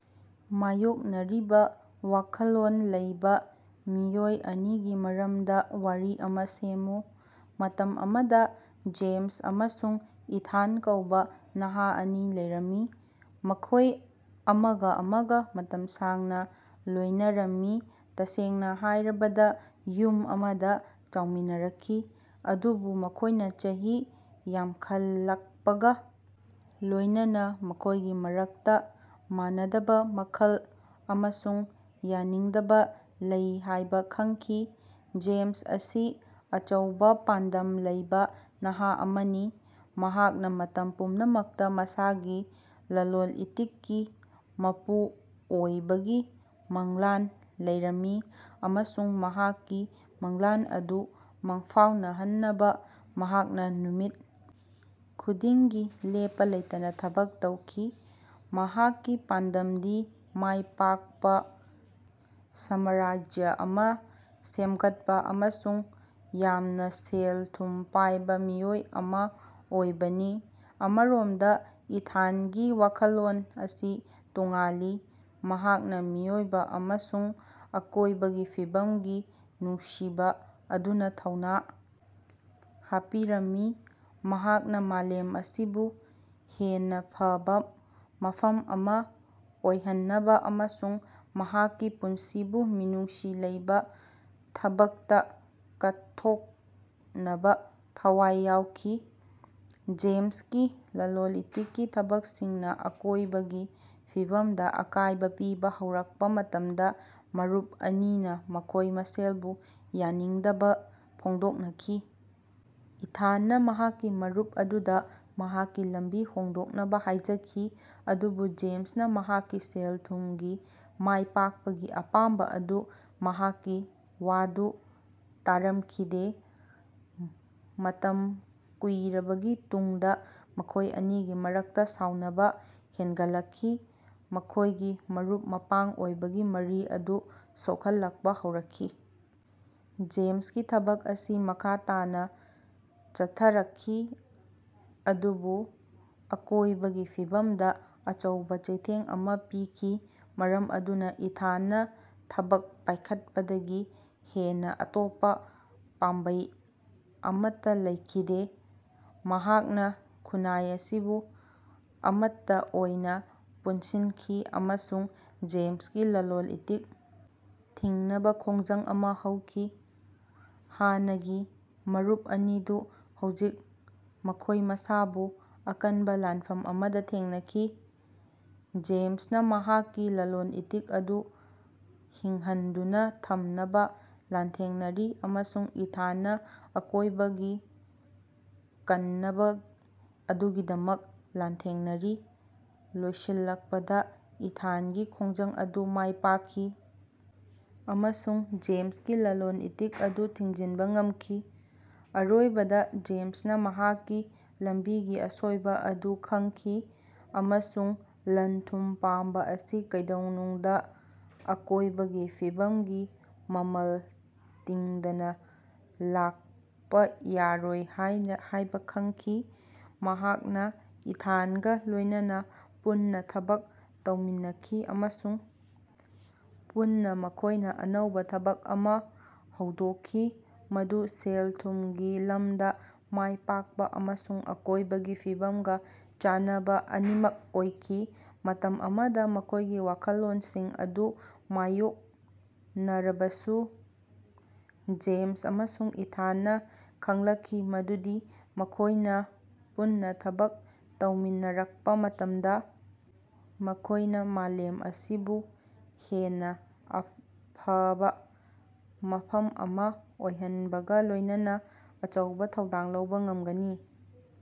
ꯃꯥꯌꯣꯛꯅꯔꯤꯕ ꯋꯥꯈꯜꯂꯣꯟ ꯂꯩꯕꯥ ꯃꯤꯑꯣꯏ ꯑꯅꯤꯒꯤ ꯃꯔꯝꯗ ꯋꯥꯔꯤ ꯑꯃ ꯁꯦꯝꯃꯨ꯫ ꯃꯇꯝ ꯑꯃꯗ ꯖꯦꯃꯁ ꯑꯃꯁꯨꯡ ꯏꯊꯥꯟ ꯀꯧꯕꯥ ꯅꯍꯥ ꯑꯅꯤ ꯂꯩꯔꯝꯃꯤ꯫ ꯃꯈꯣꯢ ꯑꯃꯒ ꯑꯃꯒ ꯃꯇꯝ ꯁꯥꯡꯅ ꯂꯣꯢꯅꯔꯝꯃꯤ ꯇꯁꯦꯡꯅ ꯍꯥꯢꯔꯕꯗ ꯌꯨꯝ ꯑꯃꯗ ꯆꯥꯎꯃꯤꯟꯅꯔꯛꯈꯤ꯫ ꯑꯗꯨꯕꯨ ꯃꯈꯣꯢꯅ ꯆꯍꯤ ꯌꯥꯝꯈꯠꯂꯛꯄꯒ ꯂꯣꯢꯅꯅꯥ ꯃꯈꯣꯢꯒꯤ ꯃꯔꯛꯇ ꯃꯥꯟꯅꯗꯕ ꯃꯈꯜ ꯑꯃꯁꯨꯡ ꯌꯥꯅꯤꯡꯗꯕ ꯂꯩ ꯍꯥꯢꯕ ꯈꯪꯈꯤ꯫ ꯖꯦꯃꯁ ꯑꯁꯤ ꯑꯆꯧꯕꯥ ꯄꯥꯟꯗꯝ ꯂꯩꯕꯥ ꯅꯍꯥ ꯑꯃꯅꯤ꯫ ꯃꯍꯥꯛꯅ ꯃꯇꯝ ꯄꯨꯝꯅꯃꯛꯇ ꯃꯁꯥꯒꯤ ꯂꯂꯣꯟ-ꯏꯇꯤꯛꯀꯤ ꯃꯄꯨ ꯑꯣꯏꯕꯒꯤ ꯃꯪꯂꯥꯟ ꯂꯩꯔꯝꯃꯤ ꯑꯃꯁꯨꯡ ꯃꯍꯥꯛꯀꯤ ꯃꯪꯂꯥꯟ ꯑꯗꯨ ꯃꯪꯐꯥꯎꯅꯍꯟꯅꯕꯥ ꯃꯍꯥꯛꯅ ꯅꯨꯃꯤꯠ ꯈꯨꯗꯤꯡꯒꯤ ꯂꯦꯞꯄꯥ ꯂꯩꯇꯅꯥ ꯊꯕꯛ ꯇꯧꯈꯤ꯫ ꯃꯍꯥꯛꯀꯤ ꯄꯥꯟꯗꯝꯗꯤ ꯃꯥꯢ ꯄꯥꯛꯄ ꯁꯥꯃꯔꯥꯖ꯭ꯌ ꯑꯃ ꯁꯦꯝꯒꯠꯄꯥ ꯑꯃꯁꯨꯡ ꯌꯥꯝꯅ ꯁꯦꯜ ꯊꯨꯝ ꯄꯥꯢꯕ ꯃꯤꯑꯣꯏ ꯑꯃ ꯑꯣꯏꯕꯅꯤ꯫ ꯑꯃꯔꯣꯝꯗ ꯏꯊꯥꯅꯒꯤ ꯋꯥꯈꯜꯂꯣꯟ ꯑꯁꯤ ꯇꯣꯉꯥꯜꯂꯤ꯫ ꯃꯍꯥꯛꯅ ꯃꯤꯑꯣꯏꯕ ꯑꯃꯁꯨꯡ ꯑꯀꯣꯢꯕꯒꯤ ꯐꯤꯕꯝꯒꯤ ꯅꯨꯡꯁꯤꯕ ꯑꯗꯨꯅ ꯊꯧꯅꯥ ꯍꯥꯞꯄꯤꯔꯝꯃꯤ꯫ ꯃꯍꯥꯛꯅ ꯃꯥꯂꯦꯝ ꯑꯁꯤꯕꯨ ꯍꯦꯟꯅꯥ ꯐꯕꯥ ꯃꯐꯝ ꯑꯃ ꯑꯣꯏꯍꯟꯅꯕ ꯑꯃꯁꯨꯡ ꯃꯍꯥꯛꯀꯤ ꯄꯨꯟꯁꯤꯕꯨ ꯃꯤꯅꯨꯡꯁꯤ ꯂꯩꯕꯥ ꯊꯕꯛꯇꯥ ꯀꯠꯊꯣꯛꯅꯕꯥ ꯊꯋꯥꯏ ꯌꯥꯎꯈꯤ꯫ ꯖꯦꯃꯁꯀꯤ ꯂꯂꯣꯟ-ꯏꯇꯤꯛꯀꯤ ꯊꯕꯛꯁꯤꯡꯅ ꯑꯀꯣꯢꯕꯒꯤ ꯐꯤꯕꯝꯗ ꯑꯀꯥꯢꯕ ꯄꯤꯕꯥ ꯍꯧꯔꯛꯄꯥ ꯃꯇꯝꯗ ꯃꯔꯨꯞ ꯑꯅꯤꯅꯥ ꯃꯈꯣꯢ ꯃꯁꯦꯜꯕꯨ ꯌꯥꯅꯤꯡꯗꯕꯥ ꯐꯣꯡꯗꯣꯛꯈꯤ꯫ ꯏꯊꯥꯟꯅ ꯃꯍꯥꯛꯀꯤ ꯃꯔꯨꯞ ꯑꯗꯨꯗꯥ ꯃꯍꯥꯛꯀꯤ ꯂꯝꯕꯤ ꯍꯣꯡꯗꯣꯛꯅꯕꯥ ꯍꯥꯢꯖꯈꯤ ꯑꯗꯨꯕꯨ ꯖꯦꯃꯁꯅꯥ ꯃꯍꯥꯛꯀꯤ ꯁꯦꯜ-ꯊꯨꯝꯒꯤ ꯃꯥꯏꯄꯥꯛꯄꯒꯤ ꯑꯄꯥꯝꯕ ꯑꯗꯨꯅ ꯃꯍꯥꯛꯀꯤ ꯋꯥꯗꯨ ꯇꯥꯔꯝꯈꯤꯗꯦ꯫ ꯃꯇꯝ ꯀꯨꯢꯔꯕꯒꯤ ꯇꯨꯡꯗ ꯃꯈꯣꯏ ꯑꯅꯤꯒꯤ ꯃꯔꯛꯇ ꯁꯥꯎꯅꯕ ꯍꯦꯅꯒꯠꯂꯛꯈꯤ ꯃꯈꯣꯢꯒꯤ ꯃꯔꯨꯞ-ꯃꯄꯥꯡ ꯑꯣꯏꯕꯒꯤ ꯃꯔꯤ ꯑꯗꯨ ꯁꯣꯛꯍꯜꯂꯛꯄ ꯍꯧꯔꯛꯈꯤ꯫ ꯖꯦꯃꯁꯀꯤ ꯊꯕꯛ ꯑꯁꯤ ꯃꯈꯥ ꯇꯥꯅꯥ ꯆꯠꯊꯔꯛꯈꯤ ꯑꯗꯨꯕꯨ ꯑꯀꯣꯢꯕꯒꯤ ꯐꯤꯕꯝꯗ ꯑꯆꯧꯕ ꯆꯩꯊꯦꯡ ꯑꯃ ꯄꯤꯈꯤ ꯃꯔꯝ ꯑꯗꯨꯅ ꯏꯊꯥꯟ ꯅ ꯊꯕꯛ ꯄꯥꯢꯈꯠꯄꯗꯒꯤ ꯍꯦꯟꯅ ꯑꯇꯣꯞꯄ ꯄꯥꯝꯕꯩ ꯑꯃꯠꯇ ꯂꯩꯈꯤꯗꯦ꯫ ꯃꯍꯥꯛꯅ ꯈꯨꯟꯅꯥꯏ ꯑꯁꯤꯕꯨ ꯑꯃꯠꯇ ꯑꯣꯏꯅ ꯄꯨꯟꯁꯤꯟꯈꯤ ꯑꯃꯁꯨꯡ ꯖꯦꯃꯁꯀꯤ ꯂꯂꯣꯟ-ꯏꯇꯤꯛ ꯊꯤꯡꯅꯕꯥ ꯈꯣꯡꯖꯪ ꯑꯃꯥ ꯍꯧꯈꯤ꯫ ꯍꯥꯟꯅꯒꯤ ꯃꯔꯨꯞ ꯑꯅꯤꯗꯨ ꯍꯧꯖꯤꯛ ꯃꯈꯣꯢ ꯃꯁꯥꯕꯨ ꯑꯀꯟꯕꯥ ꯂꯥꯟꯐꯝ ꯑꯃꯗ ꯊꯦꯡꯅꯈꯤ꯫ ꯖꯦꯃꯁꯅ ꯃꯍꯥꯛꯀꯤ ꯂꯂꯣꯟ-ꯏꯇꯤꯛ ꯑꯗꯨ ꯍꯤꯡꯍꯟꯗꯨꯅ ꯊꯝꯅꯕ ꯂꯥꯟꯊꯦꯡꯅꯔꯤ ꯑꯃꯁꯨꯡ ꯏꯊꯥꯟꯅ ꯑꯀꯣꯏꯕꯒꯤ ꯀꯟꯅꯕ ꯑꯗꯨꯒꯤꯗꯃꯛ ꯂꯥꯟꯊꯦꯡꯅꯔꯤ꯫ ꯂꯣꯏꯁꯤꯜꯂꯛꯄꯗ ꯏꯊꯥꯅꯒꯤ ꯈꯣꯡꯖꯪ ꯑꯗꯨ ꯃꯥꯢ ꯄꯥꯛꯈꯤ ꯑꯃꯁꯨꯡ ꯖꯦꯃꯁꯀꯤ ꯂꯂꯣꯟ-ꯏꯇꯤꯛ ꯑꯗꯨ ꯊꯤꯡꯖꯤꯟꯕ ꯉꯝꯈꯤ꯫ ꯑꯔꯣꯏꯕꯗ ꯖꯦꯃꯁꯅꯥ ꯃꯍꯥꯛꯀꯤ ꯂꯝꯕꯤꯒꯤ ꯑꯁꯣꯢꯕ ꯑꯗꯨ ꯈꯡꯈꯤ ꯑꯃꯁꯨꯡ ꯂꯟ-ꯊꯨꯝ ꯄꯥꯝꯕ ꯑꯁꯤ ꯀꯩꯗꯧꯅꯨꯡꯗꯥ ꯑꯀꯣꯢꯕꯒꯤ ꯐꯤꯕꯝꯒꯤ ꯃꯃꯜ ꯇꯤꯡꯗꯅꯥ ꯂꯥꯛꯄ ꯌꯥꯔꯣꯏ ꯍꯥꯢꯕ ꯈꯡꯈꯤ꯫ ꯃꯍꯥꯛꯅ ꯏꯊꯥꯅꯒ ꯂꯣꯢꯅꯅꯥ ꯄꯨꯟꯅ ꯊꯕꯛ ꯇꯧꯃꯤꯟꯅꯈꯤ ꯑꯃꯁꯨꯡ ꯄꯨꯟꯅ ꯃꯈꯣꯢꯅ ꯑꯅꯧꯕꯥ ꯊꯕꯛ ꯑꯃ ꯍꯧꯗꯣꯛꯈꯤ ꯃꯗꯨ ꯁꯦꯜ-ꯊꯨꯝꯒꯤ ꯂꯝꯗ ꯃꯥꯢ ꯄꯥꯛꯄ ꯑꯃꯁꯨꯡ ꯑꯀꯣꯢꯕꯒꯤ ꯐꯤꯕꯝꯒ ꯆꯥꯟꯅꯕ ꯑꯅꯤꯃꯛ ꯑꯣꯏꯈꯤ꯫ ꯃꯇꯝ ꯑꯃꯗ ꯃꯈꯣꯢꯒꯤ ꯋꯥꯈꯜꯂꯣꯟꯁꯤꯡ ꯑꯗꯨ ꯃꯥꯌꯣꯛꯅꯔꯕꯁꯨ ꯖꯦꯃꯁ ꯑꯃꯁꯨꯡ ꯏꯊꯥꯅꯅ ꯈꯡꯂꯛꯈꯤ ꯃꯗꯨꯗꯤ ꯃꯈꯣꯢꯅ ꯄꯨꯟꯅ ꯊꯕꯛ ꯇꯧꯃꯤꯟꯅꯔꯛꯄ ꯃꯇꯝꯗ ꯃꯈꯣꯢꯅ ꯃꯥꯂꯦꯝ ꯑꯁꯤꯕꯨ ꯍꯦꯟꯅꯥ ꯐꯕꯥ ꯃꯐꯝ ꯑꯃ ꯑꯣꯏꯍꯟꯕꯒ ꯂꯣꯢꯅꯅꯥ ꯑꯆꯧꯕ ꯊꯧꯗꯥꯡ ꯂꯧꯕ ꯉꯃꯒꯅꯤ꯫